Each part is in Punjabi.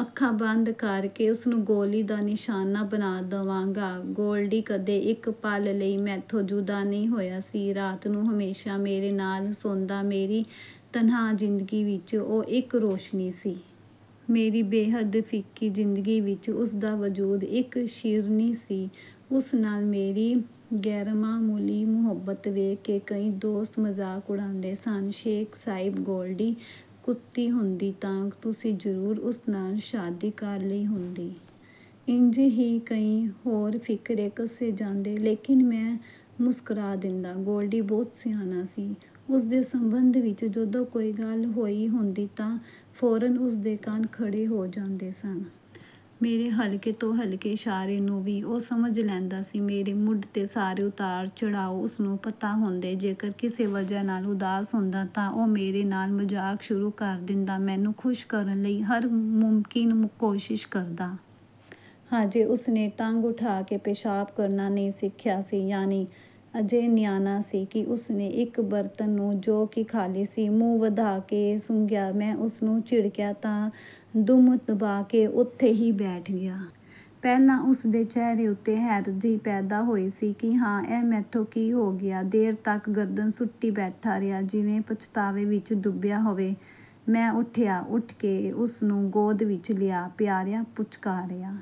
ਅੱਖਾਂ ਬੰਦ ਕਰਕੇ ਉਸਨੂੰ ਗੋਲੀ ਦਾ ਨਿਸ਼ਾਨਾ ਬਣਾ ਦੇਵਾਂਗਾ। ਗੋਲਡੀ ਕਦੇ ਇੱਕ ਪਲ ਲਈ ਮੈਥੋਂ ਜੁਦਾ ਨਹੀਂ ਹੋਇਆ ਸੀ। ਰਾਤ ਨੂੰ ਹਮੇਸ਼ਾ ਮੇਰੇ ਨਾਲ ਸੌਂਦਾ। ਮੇਰੀ ਤਨਹਾ ਜ਼ਿੰਦਗੀ ਵਿੱਚ ਉਹ ਇੱਕ ਰੋਸ਼ਨੀ ਸੀ। ਮੇਰੀ ਬੇਹੱਦ ਫਿੱਕੀ ਜ਼ਿੰਦਗੀ ਵਿੱਚ ਉਸਦਾ ਵਜੂਦ ਇੱਕ ਸ਼ੀਰਨੀ ਸੀ। ਉਸ ਨਾਲ ਮੇਰੀ ਗ਼ੈਰਮਾਮੂਲੀ ਮੁਹੱਬਤ ਵੇਖ ਕੇ ਕਈ ਦੋਸਤ ਮਜ਼ਾਕ ਉੜਾਂਦੇ ਸਨ। ਸ਼ੇਖ ਸਾਹਿਬ ਗੋਲਡੀ ਕੁੱਤੀ ਹੁੰਦੀ ਤਾਂ ਤੁਸੀਂ ਜ਼ਰੂਰ ਉਸ ਨਾਲ ਸ਼ਾਦੀ ਕਰ ਲਈ ਹੁੰਦੀ। ਇੰਜ ਹੀ ਕਈ ਹੋਰ ਫ਼ਿਕਰੇ ਕਸੇ ਜਾਂਦੇ, ਲੇਕਿਨ ਮੈਂ ਮੁਸਕਰਾ ਦਿੰਦਾ। ਗੋਲਡੀ ਬਹੁਤ ਸਿਆਣਾ ਸੀ। ਉਸ ਦੇ ਸੰਬੰਧ ਵਿੱਚ ਜਦੋਂ ਕੋਈ ਗੱਲ ਹੋਈ ਹੁੰਦੀ ਤਾਂ ਫ਼ੌਰਨ ਉਸ ਦੇ ਕੰਨ ਖੜੇ ਹੋ ਜਾਂਦੇ ਸਨ। ਮੇਰੇ ਹਲਕੇ ਤੋਂ ਹਲਕੇ ਇਸ਼ਾਰੇ ਨੂੰ ਵੀ ਉਹ ਸਮਝ ਲੈਂਦਾ ਸੀ। ਮੇਰੇ ਮੂਡ ਦੇ ਸਾਰੇ ਉਤਾਰ ਚੜ੍ਹਾਓ ਉਸਨੂੰ ਪਤਾ ਹੁੰਦੇ। ਜੇਕਰ ਕਿਸੇ ਵਜ੍ਹਾ ਨਾਲ ਉਦਾਸ ਹੁੰਦਾ ਤਾਂ ਉਹ ਮੇਰੇ ਨਾਲ ਮਜ਼ਾਕ ਸ਼ੁਰੂ ਕਰ ਦਿੰਦਾ, ਮੈਨੂੰ ਖ਼ੁਸ਼ ਕਰਨ ਲਈ ਹਰ ਮੁਮਕਿਨ ਕੋਸ਼ਿਸ਼ ਕਰਦਾ। ਅਜੇ ਉਸ ਨੇ ਟੰਗ ਉਠਾ ਕੇ ਪੇਸ਼ਾਬ ਕਰਨਾ ਨਹੀਂ ਸਿੱਖਿਆ ਸੀ, ਯਾਨੀ ਅਜੇ ਨਿਆਣਾ ਸੀ ਕਿ ਉਸ ਨੇ ਇੱਕ ਬਰਤਨ ਨੂੰ, ਜੋ ਕਿ ਖ਼ਾਲੀ ਸੀ, ਮੂੰਹ ਵਧਾ ਕੇ ਸੁੰਘਿਆ। ਮੈਂ ਉਸਨੂੰ ਝਿੜਕਿਆ ਤਾਂ ਦੁਮ ਦਬਾ ਕੇ ਉਥੇ ਹੀ ਬੈਠ ਗਿਆ। ਪਹਿਲਾਂ ਉਸ ਦੇ ਚਿਹਰੇ ਉੱਤੇ ਹੈਰਤ ਜਿਹੀ ਪੈਦਾ ਹੋਈ ਸੀ ਕਿ ਹਾਂ, ਇਹ ਮੈਥੋਂ ਕੀ ਹੋ ਗਿਆ। ਦੇਰ ਤੱਕ ਗਰਦਨ ਸੁੱਟੀ ਬੈਠਾ ਰਿਹਾ, ਜਿਵੇਂ ਪਛਤਾਵੇ ਵਿੱਚ ਡੁੱਬਿਆ ਹੋਵੇ। ਮੈਂ ਉੱਠਿਆ। ਉਠ ਕੇ ਉਸਨੂੰ ਗੋਦ ਵਿੱਚ ਲਿਆ, ਪਿਆਰਿਆ ਪੁਚਕਾਰਿਆ।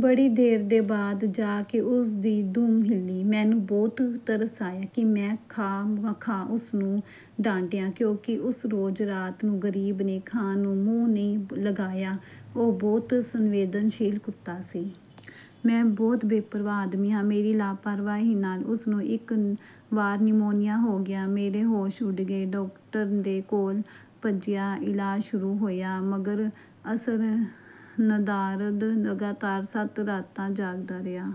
ਬੜੀ ਦੇਰ ਦੇ ਬਾਅਦ ਜਾ ਕੇ ਉਸਦੀ ਦੁਮ ਹਿਲੀ। ਮੈਨੂੰ ਬਹੁਤ ਤਰਸ ਆਇਆ ਕਿ ਮੈਂ ਖ਼ਾਹ ਮਖ਼ਾਹ ਉਸਨੂੰ ਡਾਂਟਿਆ ਕਿਉਂਕਿ ਉਸ ਰੋਜ਼ ਰਾਤ ਨੂੰ ਗਰੀਬ ਨੇ ਖਾਣ ਨੂੰ ਮੂੰਹ ਨਹੀਂ ਲਗਾਇਆ। ਉਹ ਬਹੁਤ ਸੰਵੇਦਨਸ਼ੀਲ ਕੁੱਤਾ ਸੀ। ਮੈਂ ਬਹੁਤ ਬੇਪਰਵਾਹ ਆਦਮੀ ਹਾਂ। ਮੇਰੀ ਲਾਪਰਵਾਹੀ ਨਾਲ ਉਸ ਨੂੰ ਇੱਕ ਵਾਰ ਨਿਮੋਨੀਆ ਹੋ ਗਿਆ। ਮੇਰੇ ਹੋਸ਼ ਉੱਡ ਗਏ। ਡਾਕਟਰਾਂ ਦੇ ਕੋਲ ਭੱਜਿਆ। ਇਲਾਜ ਸ਼ੁਰੂ ਹੋਇਆ। ਮਗਰ ਅਸਰ ਨਦਾਰਦ। ਲਗਾਤਾਰ ਸੱਤ ਰਾਤਾਂ ਜਾਗਦਾ ਰਿਹਾ।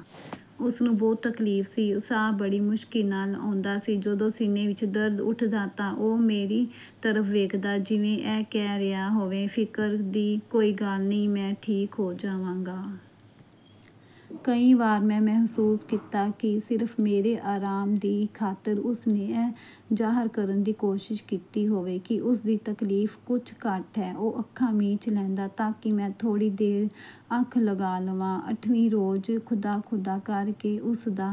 ਉਸਨੂੰ ਬਹੁਤ ਤਕਲੀਫ਼ ਸੀ। ਸਾਹ ਬੜੀ ਮੁਸ਼ਕਲ ਨਾਲ ਆਉਂਦਾ ਸੀ। ਜਦੋਂ ਸੀਨੇ ਵਿੱਚ ਦਰਦ ਉੱਠਦਾ ਤਾਂ ਉਹ ਮੇਰੀ ਤਰਫ਼ ਵੇਖਦਾ, ਜਿਵੇਂ ਇਹ ਕਹਿ ਰਿਹਾ ਹੋਵੇ, ਫ਼ਿਕਰ ਦੀ ਕੋਈ ਗੱਲ ਨਹੀਂ, ਮੈਂ ਠੀਕ ਹੋ ਜਾਵਾਂਗਾ। ਕਈ ਵਾਰ ਮੈਂ ਮਹਿਸੂਸ ਕੀਤਾ ਕਿ ਸਿਰਫ ਮੇਰੇ ਆਰਾਮ ਦੀ ਖ਼ਾਤਰ ਉਸ ਨੇ ਇਹ ਜ਼ਾਹਰ ਕਰਨ ਦੀ ਕੋਸ਼ਿਸ਼ ਕੀਤੀ ਹੋਵੇ ਕਿ ਉਸਦੀ ਤਕਲੀਫ ਕੁੱਝ ਘੱਟ ਹੈ। ਉਹ ਅੱਖਾਂ ਮੀਚ ਲੈਂਦਾ, ਤਾਂਕਿ ਮੈਂ ਥੋੜ੍ਹੀ ਦੇਰ ਅੱਖ ਲਗਾ ਲਵਾਂ। ਅਠਵੀਂ ਰੋਜ਼ ਖ਼ੁਦਾ ਖ਼ੁਦਾ ਕਰਕੇ ਉਸ ਦਾ